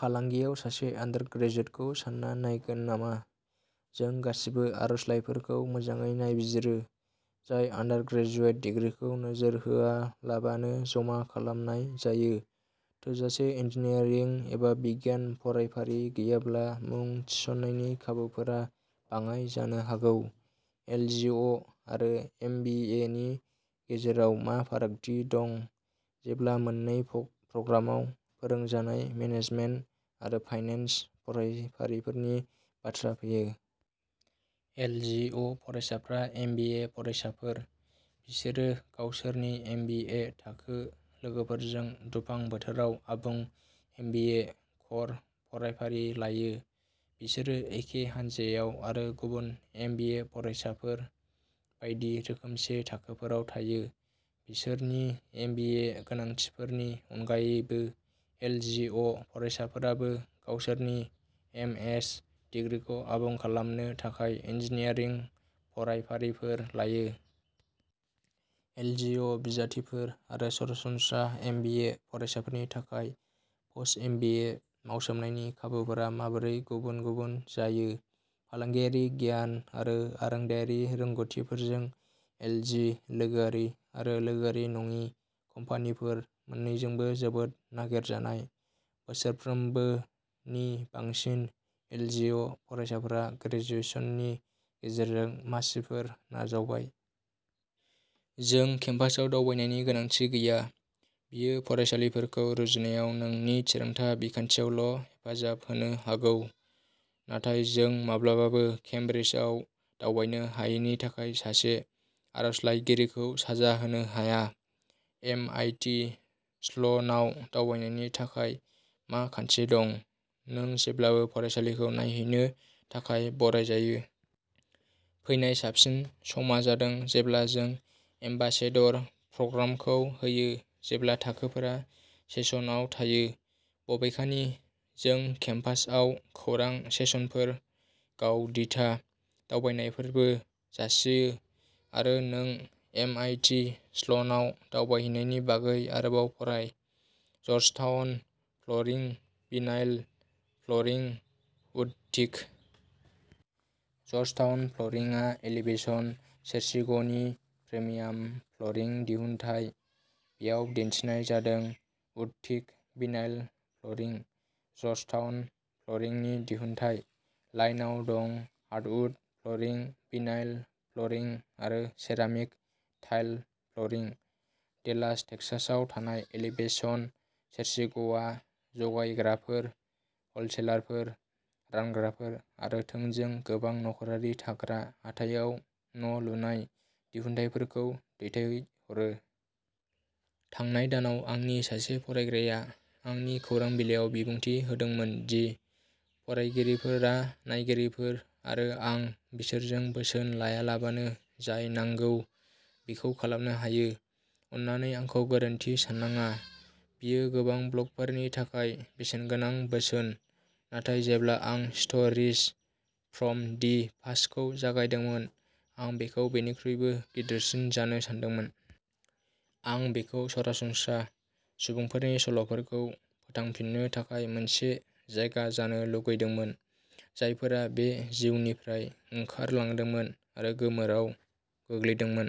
फालांगियाव सासे आन्डारग्रेजुएटखौ सान्ना नायगोन नामा? जों गासिबो आर'जलाइफोरखौ मोजाङै नायबिजिरो जाय आन्डारग्रेजुएट दिग्रिखौ नोजोर होआलाबानो जमा खालामनाय जायो; थोजासे इन्जिनियारिं एबा बिगियान फरायफारि गैयाब्ला मुं थिसननायनि खाबुफोरा बाङाइ जानो हागौ। एलजिअ'आरो एमबिएनि गेजेराव मा फारागथि दं जेब्ला मोन्नै प्रग्रामाव फोरोंजानाय मेनेजमेन्ट आरो फाइनेन्स फरायफारिफोरनि बाथ्रा फैयो? एलजिअ'फरायसाफ्रा एमबिए फरायसाफोर। बिसोरो गावसोरनि एमबिए थाखो लोगोफोरजों दुफां बोथोराव आबुं एमबिए क'र फरायफारि लायो; बिसोरो एखे हान्जायाव आरो गुबुन एमबिए फरायसाफोर बायदि रोखोमसे थाखोफोराव थायो। बिसोरनि एमबिए गोनांथिफोरनि अनगायैबो, एलजिअ'फरायसाफोराबो गावसोरनि एसएम दिग्रिखौ आबुं खालामनो थाखाय इन्जिनियारिं फरायफारिफोर लायो। एलजिअ'बिजाथिफोर आरो सरासनस्रा एमबिए फरायसाफोरनि थाखाय पोस्ट-एमबिए मावसोमनायनि खाबुफोरा माबोरै गुबुन-गुबुन जायो? फालांगियारि गियान आरो आरोंदायारि रोंग'थिफोरजों, एलजि लोगोआरि आरो लोगोआरि नङि कम्पानिफोर मोननैजोंबो जोबोद नागिरजानाय। बोसोरफ्रोमबो नि बांसिन एलजिअ'फरायसाफोरा ग्रेजुएशननि गेजेरजों मासिफोर नाजावबाय। जों केम्पासआव दावबायनायनि गोनांथि गैया। बेयो फरायसालिफोरखौ रुजुननायाव नोंनि थिरांथा बिखान्थियावल'हेफाजाब होनो हागौ, नाथाय जों माब्लाबाबो केमब्रिजआव दावबायनो हायैनि थाखाय सासे आर'जलाइगिरिखौ साजा होनो हाया। एमआइटि स्ल'नाव दावबायनायनि थाखाय मा खान्थि दं? नों जेब्लाबो फरायसालिखौ नायहैनो थाखाय बरायजायो। फैनाय साबसिन समा जादों जेब्ला जों एम्बासेडर प्रग्रामखौ होयो जेब्ला थाखोफोरा सेसनआव थायो। बबेखानि, जों केम्पासआव खौरां सेसनफोर, गाव-दिथा दावबायनायफोरबो जासियो, आरो नों एमआइटि स्ल'नाव दावबायहैनायनि बागै आरोबाव फराय। जर्जटाउन फ्ल'रिं, भिनाइल फ्ल'रिं उडटिक। जर्जटाउन फ्ल'रिंआ एलिभेशन सोर्सिंगनि प्रिमियाम फ्ल'रिं दिहुनथाय। बेयाव दिन्थिनाय जादों उडटिक भिनाइल फ्ल'रिं। जर्जटाउन फ्ल'रिंनि दिहुनथाय। लाइनआव दं, हार्डवुड फ्ल'रिं, भिनाइल फ्ल'रिं, आरो सेरामिक/टाइल फ्ल'रिं। डेलास टेक्सासआव थानाय एलिभेशन सोर्सिंगआ, जगायग्राफोर, हलसेलारफोर, रानग्राफोर, आरो थोंजों गोबां नखरारि थाग्रा हाथाइआव न'लुनाय दिहुनथायफोरखौ दैथायहरो। थांनाय दानाव, आंनि सासे फरायग्राया आंनि खौरां बिलाइयाव बिबुंथि होदोंमोन दि फरायगिरिफोरा नायगिरिफोर, आरो आं बिसोरजों बोसोन लायालाबानो जाय नांगौ बेखौ खालामनो हायो। अन्नानै आंखौ गोरोन्थि साननाङा, बेयो गोबां ब्लगफोरनि थाखाय बेसेनगोनां बोसोन, नाथाय जेब्ला आं स्ट'रीज फ्रम दि पास्टखौ जागायदोंमोन, आं बेखौ बेनिख्रुइबो गिदिरसिन जानो सानदोंमोन। आं बेखौ "सरासनस्रा" सुबुंफोरनि सल'फोरखौ फोथांफिन्नो थाखाय मोनसे जायगा जानो लुगैदोंमोन, जायफोरा बे जिउनिफ्राय ओंखारलांदोंमोन आरो गोमोराव गोग्लैदोंमोन।